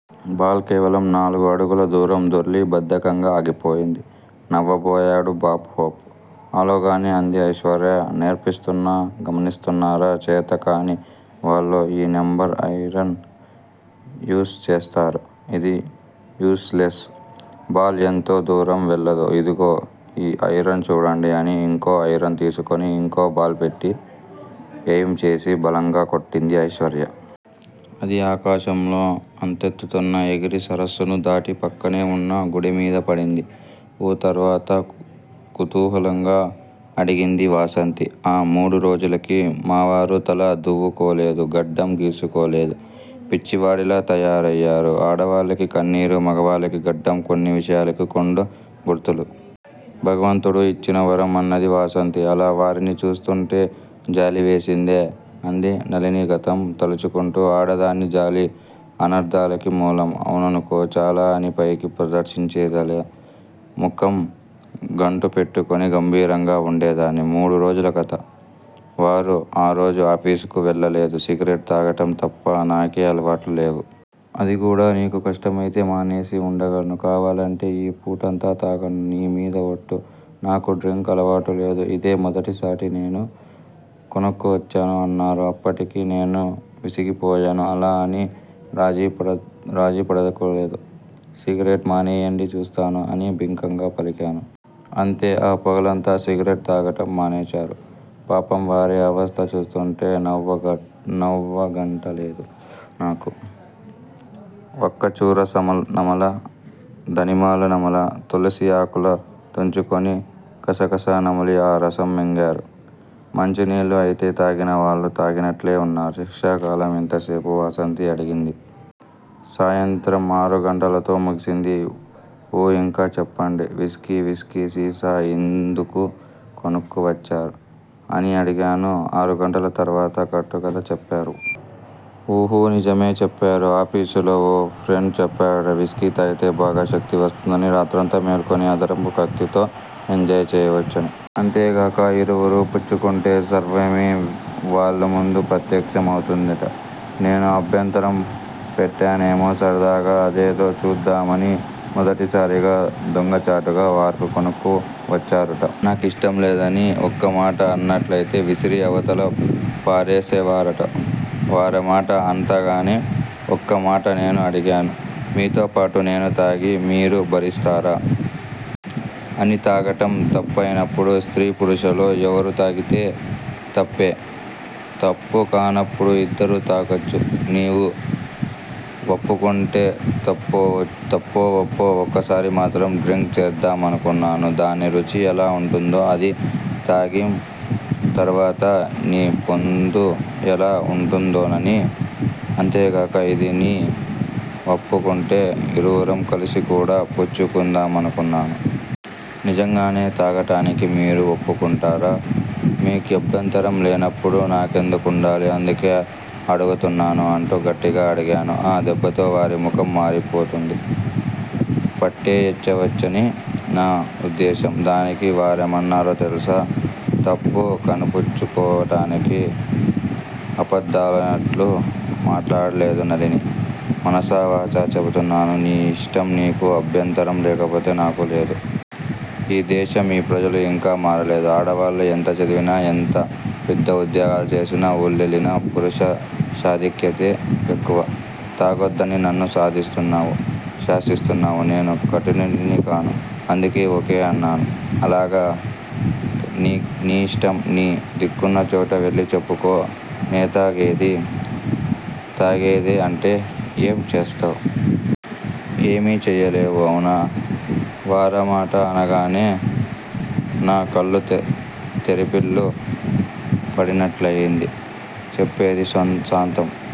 Ball కేవలం నాలుగు అడుగుల దూరం దొర్లి బద్ధకంగా ఆగిపోయింది. నవ్వబోయాడు బాబ్ హోప్. ఆలోగానే అంది ఐశ్వర్య. నేర్పిస్తున్నా గమనిస్తున్నారా చేతకాని వాళ్ళు ఈ నెంబర్ ఐరన్ యూస్ చేస్తారు. ఇది యూస్ లెస్. బాల్ ఎంతో దూరం వెళ్ళదు. ఇదిగో ఈ ఐరన్ చూడండి అని ఇంకో ఐరన్ తీసుకుని ఇంకో బాల్ పెట్టి ఎయిమ్ చేసి బలంగా కొట్టింది ఐశ్వర్య. అది ఆకాశంలో అంతెత్తున ఎగిరి సరస్సుని దాటి పక్కనే ఉన్న గుట్ట మీద పడింది. ఊ తర్వాత? కుతూహలంగా అడిగింది వాసంతి. ఆ మూడు రోజులకీ మావారు తల దువ్వుకోలేదు. గడ్డం గీసుకోలేదు. పిచ్చివాడిలా తయారయారు. ఆడాళ్ళకి కన్నీరు, మగాళ్ళకి గడ్డం కొన్ని విషయాలకి కొండ గుర్తులు. భగవంతుడు యిచ్చిన వరం అన్నది వాసంతి. అలా వారిని చూస్తుంటే జాలివేసిందే అంది నళిని గతం తలుచుకుంటూ! ఆడదాని జాలి అనర్దాలకి మూలం. అవుననుకో. అలా అని పైకి ప్రదర్శించలేదులే. ముఖం గంటువెట్టుకుని గంభీరంగా వుండేదాన్ని. మూడురోజుల కధ. వారు ఆరోజు ఆఫీసుకి వెళ్ళలేదు. సిగరెట్ తాగటం తప్ప నాకే అలవాట్లూ లేవు. అదికూడా నీకు కష్టమైతే మానేసి వుండగలను. కావాలంటే ఈ పూటంతా తాగను. నీ మీద వట్టు. నాకు డ్రింక్ అలవాటు లేదు. ఇదే మొదటిసాటి నేను కొనుక్కు వచ్చాను అన్నారు. అప్పటికి నేనూ విసిగిపోయాను, అలా అని రాజీపడదల్చుకోలేదు. సిగరెట్ మానేయండి చూస్తాను. అని బింకంగా పలికాను. అంతే ఆ పగలంతా సిగరెట్ తాగటం మానేశారు. పాపం వారి అవస్త చూస్తుంటే నవ్వాగటంలేదు నాకు. వక్కచూర నమల, ధనిమాలు నమల, తులసి ఆకులు తుంచుకొని కసకస నమిలి ఆ రసం మింగారు. మంచినీళ్ళు అయితే తాగిన వాళ్ళు తాగినట్లే వున్నారు. శిక్షాకాలం ఎంతసేపు! వాసంతి అడిగింది. సాయంత్రం ఆరుగంటలతో ముగిసింది. ఊ-యింక చెప్పండి. విస్కీ విస్కీ సీసా ఎందుకు కొనుక్కు వచ్చారు! అని అడిగాను ఆరుగంటల తర్వాత. కట్టుకధ చెప్పారా! ఉహూ, నిజమే చెప్పారు. ఆఫీసులో ఓ ఫ్రెండ్ చెప్పాడుట. విస్కీ తాగితే బాగా శక్తి వస్తుందని రాత్రంతా మేలుకొని అదనపు కక్తితో ఎంజాయ్ చేయవచ్చని. అంతేగాక యిరువురూ పుచ్చుకుంటే స్వర్గమే వాళ్ళముందు ప్రత్యక్షం అవుతుందిట. నేను అభ్యంతరం పెట్టనేమో సరదాగా అదేదో చూద్దామని మొదటిసారిగా దొంగచాటుగా వారు కొనుక్కు వచ్చారుట, నాకిష్టంలేదని వక్కమాట అన్నట్లయితే విసిరి అవతల పారేసేవారుట. వారామాట అనంగానే వక్కమాట నేను అడిగాను. మీతోపాటు నేను తాగి మీరు భరిస్తారా! అని తాగటం తప్పయినప్పుడు స్త్రీ పురుషులలో ఎవరు తాగినా తప్పే. తప్పుకానప్పుడు యిద్దరూ తాగొచ్చు. నీవు వప్పుకుంటే తప్పోవప్పో వక్కసారి మాత్రం డ్రింక్ చేద్దామనుకున్నాను. దాని రుచి ఎలా వుంటుందో, అది తాగిం తరువాత నీపొందు ఎలా వుంటుందోనని అంతేగాక యిదీ నీ వప్పుకుంటే యిరువురం కలసికూడా పుచ్చుకుందామనుకున్నాను. నిజంగానే తాగటానికి మీరు వప్పుకుంటారా! మీకభ్యంతరం లేనప్పుడు నాకెందుకుండాలి. అందుకే అడుగుతున్నాను అంటూ గట్టిగా అడిగాను. ఆ దెబ్బతో వారి ముఖం మారిపోతుంది. పట్టేయవచ్చని నా వుద్దేశ్యం. దానికి వారేమన్నారో తెలుసా? తప్పు కప్పిపుచ్చుకోటానికి అబద్ధాలాడినట్లు మాట్లాడటలేదు నళినీ! మనసా వాచా చెపుతున్నాను. నీ యిష్టం నీకు అభ్యంతరం లేకపోతే నాకూ లేదు. ఈ దేశం ఈ ప్రజలు ఇంకా మారలేదు. ఆడవాళ్ళు ఎంత చదివినా ఎంత పెద్ద ఉద్యోగాలు చేసినా ఊళ్లేలినా పురుషాధిక్యతే ఎక్కువ. తాగొద్దని నన్ను సాధిస్తున్నావు. శాసిస్తున్నావు. నేను కఠినుడినికాను. అందుకే ఓకే అన్నాను. అలాగాక నీయిష్టం, నీ దిక్కున్నచోట వెళ్ళి చెప్పుకో నేతాగేది తాగేదే అంటే ఏం చేస్తావ్? ఏమి చెయ్యలేవు అవునా! వారామాట అనగానే నా కళ్ళు తెరిపిళ్ళు పడినట్లయింది. చెప్పేది సాంతం